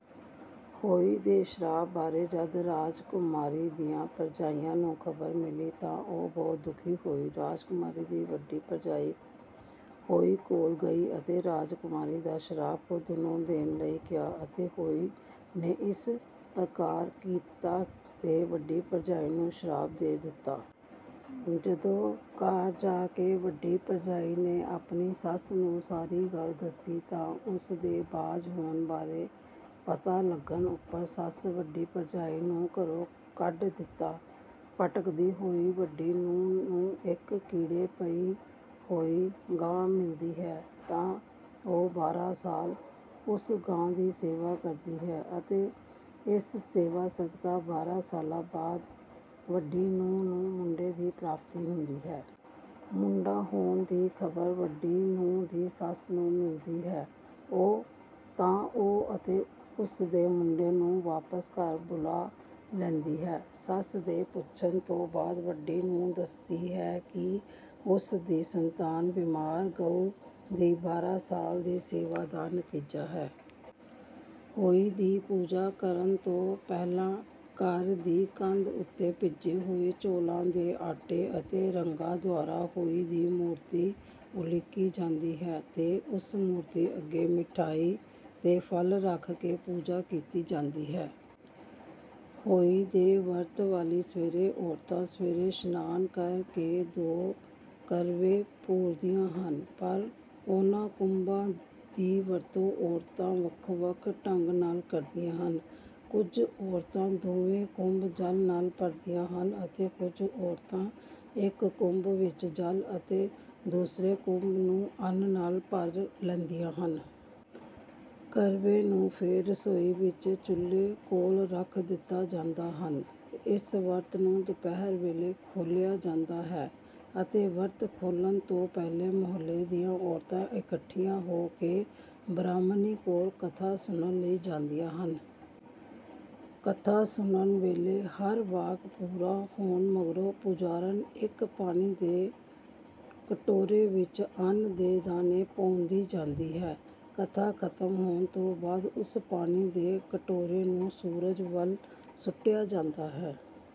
ਹੋਈ ਦੇ ਸ਼ਰਾਪ ਬਾਰੇ ਜਦੋਂ ਰਾਜਕੁਮਾਰੀ ਦੀਆਂ ਭਰਜਾਈਆਂ ਨੂੰ ਖ਼ਬਰ ਮਿਲੀ ਤਾਂ ਉਹ ਬਹੁਤ ਦੁਖੀ ਹੋਈਆਂ। ਰਾਜਕੁਮਾਰੀ ਦੀ ਵੱਡੀ ਭਰਜਾਈ ਹੋਈ ਕੋਲ ਗਈ ਅਤੇ ਰਾਜਕੁਮਾਰੀ ਦਾ ਸ਼ਰਾਪ ਖ਼ੁਦ ਨੂੰ ਦੇਣ ਲਈ ਕਿਹਾ ਅਤੇ ਹੋਈ ਨੇ ਇਸੇ ਪ੍ਰਕਾਰ ਕੀਤਾ ਤੇ ਵੱਡੀ ਭਰਜਾਈ ਨੂੰ ਸ਼ਰਾਪ ਦੇ ਦਿੱਤਾ। ਜਦੋਂ ਘਰ ਜਾ ਕੇ ਵੱਡੀ ਭਰਜਾਈ ਨੇ ਆਪਣੀ ਸੱਸ ਨੂੰ ਸਾਰੀ ਗੱਲ ਦੱਸੀ ਤਾਂ ਉਸਦੇ ਬਾਂਝ ਹੋਣ ਬਾਰੇ ਪਤਾ ਲਗਣ ਉੱਪਰ ਸੱਸ ਵੱਡੀ ਭਰਜਾਈ ਨੂੰ ਘਰੋਂ ਕੱਢ ਦਿੱਤਾ। ਭਟਕਦੀ ਹੋਈ ਵੱਡੀ ਨੂੰਹ ਨੂੰ ਇੱਕ ਕੀੜੇ ਪਈ ਹੋਈ ਗਾਂ ਮਿਲਦੀ ਹੈ ਤਾਂ ਉਹ ਬਾਰਾਂ ਸਾਲ ਉਸ ਗਾਂ ਦੀ ਸੇਵਾ ਕਰਦੀ ਹੈ ਅਤੇ ਇਸ ਸੇਵਾ ਸਦਕਾ ਬਾਰਾਂ ਸਾਲ ਬਾਅਦ ਵੱਡੀ ਨੂੰਹ ਨੂੰ ਮੁੰਡੇ ਦੀ ਪ੍ਰਾਪਤੀ ਹੁੰਦੀ ਹੈ। ਮੁੰਡਾ ਹੋਣ ਦੀ ਖ਼ਬਰ ਵੱਡੀ ਨੂੰਹ ਦੀ ਸੱਸ ਨੂੰ ਮਿਲਦੀ ਹੈ ਤਾਂ ਉਹ ਅਤੇ ਉਸਦੇ ਮੁੰਡੇ ਨੂੰ ਵਾਪਿਸ ਘਰ ਬੁਲਵਾ ਲੈਂਦੀ ਹੈ। ਸੱਸ ਦੇ ਪੁਛਣ ਤੋਂ ਬਾਅਦ ਵੱਡੀ ਨੂੰਹ ਦੱਸਦੀ ਹੈ ਕਿ ਉਸਦੀ ਸੰਤਾਨ ਬੀਮਾਰ ਗਊ ਦੀ ਬਾਰਾਂ ਸਾਲ ਦੀ ਸੇਵਾ ਦਾ ਨਤੀਜਾ ਹੈ। ਹੋਈ ਦੀ ਪੂਜਾ ਕਰਨ ਤੋਂ ਪਹਿਲਾਂ ਘਰ ਦੀ ਕੰਧ ਉੱਪਰ ਭਿੱਜੇ ਹੋਏ ਚਾਵਲਾਂ ਦੇ ਆਟੇ ਅਤੇ ਰੰਗਾਂ ਦੁਆਰਾ ਹੋਈ ਦੀ ਮੂਰਤੀ ਉਲੀਕੀ ਜਾਂਦੀ ਹੈ ਤੇ ਉਸ ਮੂਰਤੀ ਅੱਗੇ ਮਠਿਆਈ ਤੇ ਫਲ ਰੱਖ ਕੇ ਪੂਜਾ ਕੀਤੀ ਜਾਂਦੀ ਹੈ। ਹੋਈ ਦੇ ਵਰਤ ਵਾਲੀ ਸਵੇਰ ਔਰਤਾਂ ਸਵੇਰੇ ਇਸ਼ਨਾਨ ਕਰਕੇ ਦੋ ਕਰਵੇ ਪੂਰਦਿਆਂ ਹਨ ਪਰ ਇਹਨਾਂ ਕੁਭਾਂ ਦੀ ਵਰਤੋਂ ਔਰਤਾਂ ਵੱਖ ਵੱਖ ਢੰਗ ਨਾਲ ਕਰਦੀਆਂ ਹਨ। ਕੁੱਝ ਔਰਤਾਂ ਦੋਵੇਂ ਕੁੰਭ ਜਲ ਨਾਲ ਭਰਦੀਆਂ ਹਨ ਅਤੇ ਕੁੱਝ ਔਰਤਾਂ ਇੱਕ ਕੁੰਭ ਵਿੱਚ ਜਲ ਅਤੇ ਦੂਜੇ ਕੁੰਭ ਨੂੰ ਅੰਨ ਨਾਲ ਭਰ ਲੈਂਦੀਆਂ ਹਨ। ਕਰਵੇ ਨੂੰ ਫੇਰ ਰਸੋਈ ਵਿੱਚ ਚੁਲ੍ਹੇ ਕੋਲ ਰੱਖ ਦਿੱਤੇ ਜਾਂਦੇ ਹਨ। ਇਸ ਵਰਤ ਨੂੰ ਦੁਪਹਿਰ ਵੇਲੇ ਖੋਲਿਆ ਜਾਂਦਾ ਹੈ ਅਤੇ ਵਰਤ ਖੋਲਣ ਤੋਂ ਪਹਿਲਾਂ ਮਹੱਲੇ ਦੀਆਂ ਔਰਤਾਂ ਇਕੱਠੀਆਂ ਹੋ ਕੇ ਬ੍ਰਹਾਮਣੀ ਕੋਲ ਕਥਾ ਸੁਣਨ ਲਈ ਜਾਂਦੀਆਂ ਹਨ। ਕਥਾ ਸੁਨਾਉਣ ਵੇਲੇ ਹਰ ਵਾਕ ਪੂਰਾ ਕਰਨ ਮਗਰੋਂ ਪੁਜਾਰਨ ਇੱਕ ਪਾਣੀ ਦੇ ਕਟੋਰੇ ਵਿੱਚ ਅੰਨ ਦੇ ਦਾਣੇ ਪਾਉਂਦੀ ਜਾਂਦੀ ਹੈ। ਕਥਾ ਖ਼ਤਮ ਹੋਣ ਤੋਂ ਬਾਅਦ ਉਸ ਪਾਣੀ ਦੇ ਕਟੋਰੇ ਨੂੰ ਸੂਰਜ ਵਾਲ ਸੁਟਿਆ ਜਾਂਦਾ ਹੈ।